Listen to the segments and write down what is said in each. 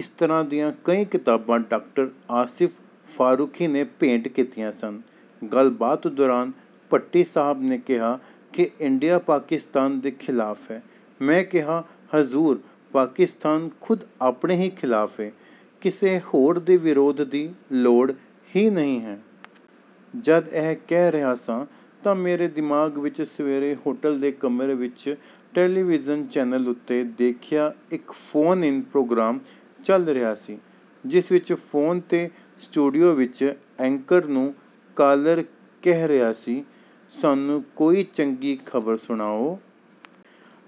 ਇਸ ਤਰ੍ਹਾਂ ਦੀਆਂ ਕਈ ਕਿਤਾਬਾਂ ਡਾਕਟਰ ਆਸਿਫ ਫ਼ਾਰੂਖੀ ਨੇ ਭੇਂਟ ਕੀਤੀਆਂ ਸਨ। ਗੱਲਬਾਤ ਦੌਰਾਨ ਭੱਟੀ ਸਾਹਬ ਨੇ ਕਿਹਾ ਕਿ ਇੰਡੀਆ ਪਾਕਿਸਤਾਨ ਦੇ ਖ਼ਿਲਾਫ਼ ਹੈ। ਮੈਂ ਕਿਹਾ, "ਹਜ਼ੂਰ, ਪਾਕਿਸਤਾਨ ਖ਼ੁਦ ਆਪਣੇ ਹੀ ਖ਼ਿਲਾਫ਼ ਏ, ਕਿਸੇ ਹੋਰ ਦੇ ਵਿਰੋਧ ਦੀ ਲੋੜ ਹੀ ਨਹੀਂ ਹੈ।" ਜਦ ਇਹ ਕਹਿ ਰਿਹਾ ਸਾਂ ਤਾਂ ਮੇਰੇ ਦਿਮਾਗ਼ ਵਿਚ ਸਵੇਰੇ ਹੋਟਲ ਦੇ ਕਮਰੇ ਵਿਚ ਟੈਲੀਵੀਜ਼ਨ ਚੈਨਲ ਉੱਤੇ ਦੇਖਿਆ ਇਕ ਫ਼ੋਨ-ਇਨ ਪ੍ਰੋਗਰਾਮ ਚੱਲ ਰਿਹਾ ਸੀ, ਜਿਸ ਵਿਚ ਫ਼ੋਨ 'ਤੇ ਸਟੂਡੀਓ ਵਿਚ 'ਐਂਕਰ' ਨੂੰ 'ਕਾਲਰ' ਕਹਿ ਰਿਹਾ ਸੀ, "ਸਾਨੂੰ ਕੋਈ ਚੰਗੀ ਖ਼ਬਰ ਸੁਣਾਓ...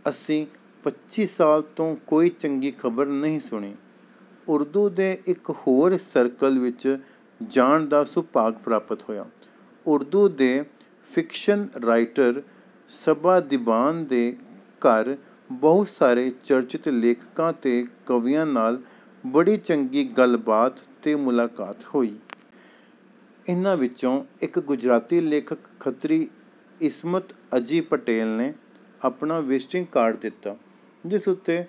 ਅਸੀਂ ਪੱਚੀ ਸਾਲ ਤੋਂ ਕੋਈ ਚੰਗੀ ਖ਼ਬਰ ਨਹੀਂ ਸੁਣੀ।" ਉਰਦੂ ਦੇ ਇਕ ਹੋਰ ਸਰਕਲ ਵਿਚ ਜਾਣ ਦਾ ਸੁਭਾਗ ਪ੍ਰਾਪਤ ਹੋਇਆ। ਉਰਦੂ ਦੇ ਫਿਕਸ਼ਨ ਰਾਈਟਰ ਸਬਾ ਦੀਵਾਨ ਦੇ ਘਰ ਬਹੁਤ ਸਾਰੇ ਚਰਚਿਤ ਲੇਖਕਾਂ ਤੇ ਕਵੀਆਂ ਨਾਲ ਬੜੀ ਚੰਗੀ ਗੱਲਬਾਤ ਤੇ ਮੁਲਾਕਾਤ ਹੋਈ। ਇਹਨਾਂ ਵਿਚੋਂ ਇਕ ਗੁਜਰਾਤੀ ਲੇਖਕ, ਖੱਤਰੀ ਇਸਮਤ ਅਜੀ ਪਟੇਲ, ਨੇ ਆਪਣਾ ਵਿਜ਼ਿਟਿੰਗ ਕਾਰਡ ਦਿੱਤਾ, ਜਿਸ ਉੱਤੇ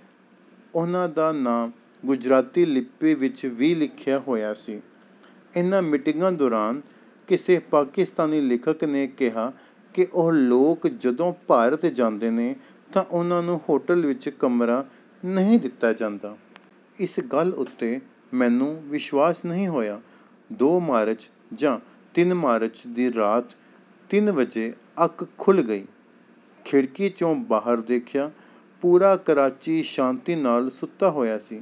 ਉਹਨਾਂ ਦਾ ਨਾਂ ਗੁਜਰਾਤੀ ਲਿੱਪੀ ਵਿਚ ਵੀ ਲਿਖਿਆ ਹੋਇਆ ਸੀ। ਇਹਨਾਂ ਮੀਟਿੰਗਾਂ ਦੌਰਾਨ ਕਿਸੇ ਪਾਕਿਸਤਾਨੀ ਲੇਖਕ ਨੇ ਕਿਹਾ ਕਿ ਉਹ ਲੋਕ ਜਦੋਂ ਭਾਰਤ ਜਾਂਦੇ ਨੇ ਤਾਂ ਉਹਨਾਂ ਨੂੰ ਹੋਟਲ ਵਿਚ ਕਮਰਾ ਨਹੀਂ ਦਿੱਤਾ ਜਾਂਦਾ। ਇਸ ਗੱਲ ਉੱਤੇ ਮੈਨੂੰ ਵਿਸ਼ਵਾਸ ਨਹੀਂ ਹੋਇਆ। ਦੋ ਮਾਰਚ, ਜਾਂ ਤਿੰਨ ਮਾਰਚ, ਦੀ ਰਾਤ ਤਿੰਨ ਵਜੇ ਅੱਖ ਖੁੱਲ੍ਹ ਗਈ। ਖਿੜਕੀ 'ਚੋਂ ਬਾਹਰ ਦੇਖਿਆ। ਪੂਰਾ ਕਰਾਚੀ ਸ਼ਾਂਤੀ ਨਾਲ ਸੁੱਤਾ ਹੋਇਆ ਸੀ।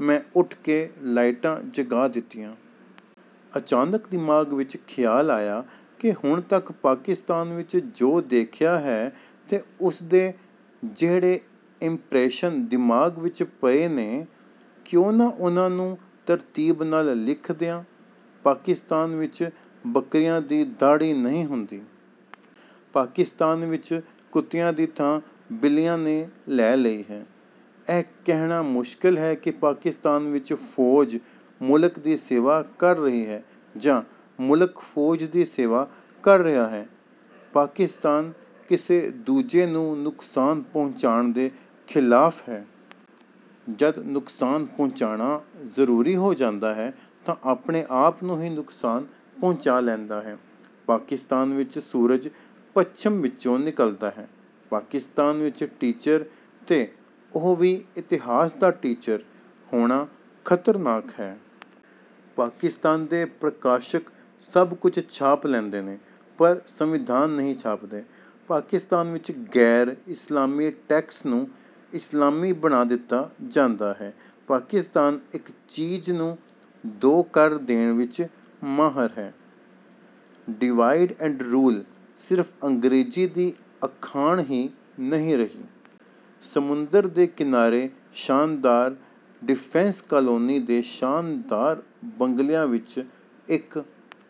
ਮੈਂ ਉੱਠ ਕੇ ਲਾਈਟਾਂ ਜਗਾ ਦਿੱਤੀਆਂ। ਅਚਾਨਕ ਦਿਮਾਗ਼ ਵਿਚ ਖ਼ਿਆਲ ਆਇਆ ਕਿ ਹੁਣ ਤੱਕ ਪਾਕਿਸਤਾਨ ਵਿਚ ਜੋ ਦੇਖਿਆ ਹੈ ਤੇ ਉਸਦੇ ਜਿਹੜੇ 'ਇੰਪ੍ਰੈਸ਼ਨ' ਦਿਮਾਗ਼ ਵਿਚ ਪਏ ਨੇ, ਕਿਉਂ ਨਾ ਉਹਨਾਂ ਨੂੰ ਤਰਤੀਬ ਨਾਲ ਲਿਖ ਦਿਆਂ... ਪਾਕਿਸਤਾਨ ਵਿਚ ਬਕਰਿਆਂ ਦੀ ਦਾੜ੍ਹੀ ਨਹੀਂ ਹੁੰਦੀ।... ਪਾਕਿਸਤਾਨ ਵਿਚ ਕੁੱਤਿਆਂ ਦੀ ਥਾਂ ਬਿੱਲੀਆਂ ਨੇ ਲੈ ਲਈ ਹੈ।... ਇਹ ਕਹਿਣਾ ਮੁਸ਼ਕਲ ਹੈ ਕਿ ਪਾਕਿਸਤਾਨ ਵਿਚ ਫੌਜ ਮੁਲਕ ਦੀ ਸੇਵਾ ਕਰ ਰਹੀ ਹੈ ਜਾਂ ਮੁਲਕ ਫੌਜ ਦੀ ਸੇਵਾ ਕਰ ਰਿਹਾ ਹੈ।... ਪਾਕਿਸਤਾਨ ਕਿਸੇ ਦੂਜੇ ਨੂੰ ਨੁਕਸਾਨ ਪਹੁੰਚਾਉਣ ਦੇ ਖ਼ਿਲਾਫ਼ ਹੈ। ਜਦ ਨੁਕਸਾਨ ਪਹੁੰਚਾਉਣਾ ਜ਼ਰੂਰੀ ਹੋ ਜਾਂਦਾ ਹੈ ਤਾਂ ਆਪਣੇ ਆਪ ਨੂੰ ਹੀ ਨੁਕਸਾਨ ਪਹੁੰਚਾ ਲੈਂਦਾ ਹੈ।... ਪਾਕਿਸਤਾਨ ਵਿਚ ਸੂਰਜ ਪੱਛਮ ਵਿਚੋਂ ਨਿਕਲਦਾ ਹੈ।... ਪਾਕਿਸਤਾਨ ਵਿਚ ਟੀਚਰ, ਤੇ ਉਹ ਵੀ ਇਤਿਹਾਸ ਦਾ ਟੀਚਰ, ਹੋਣਾ ਖ਼ਤਰਨਾਕ ਹੈ।... ਪਾਕਿਸਤਾਨ ਦੇ ਪ੍ਰਕਾਸ਼ਕ ਸਭ ਕੁਝ ਛਾਪ ਲੈਂਦੇ ਨੇ, ਪਰ ਸੰਵਿਧਾਨ ਨਹੀਂ ਛਾਪਦੇ।... ਪਾਕਿਸਤਾਨ ਵਿਚ ਗ਼ੈਰ-ਇਸਲਾਮੀ ਟੈਕਸ ਨੂੰ ਇਸਲਾਮੀ ਬਣਾ ਦਿੱਤਾ ਗਿਆ ਹੈ।... ਪਾਕਿਸਤਾਨ ਇਕ ਚੀਜ਼ ਨੂੰ ਦੋ ਕਰ ਦੇਣ ਵਿਚ ਮਾਹਰ ਹੈ। 'ਡਿਵਾਈਡ ਐਂਡ ਰੂਲ' ਸਿਰਫ਼ ਅੰਗਰੇਜ਼ੀ ਦੀ ਅਖਾਣ ਹੀ ਨਹੀਂ ਰਹੀ। ਸਮੁੰਦਰ ਦੇ ਕਿਨਾਰੇ ਸ਼ਾਨਦਾਰ ਡਿਫੈਂਸ ਕਾਲੋਨੀ ਦੇ ਸ਼ਾਨਦਾਰ ਬੰਗਲਿਆਂ ਵਿਚ ਇਕ...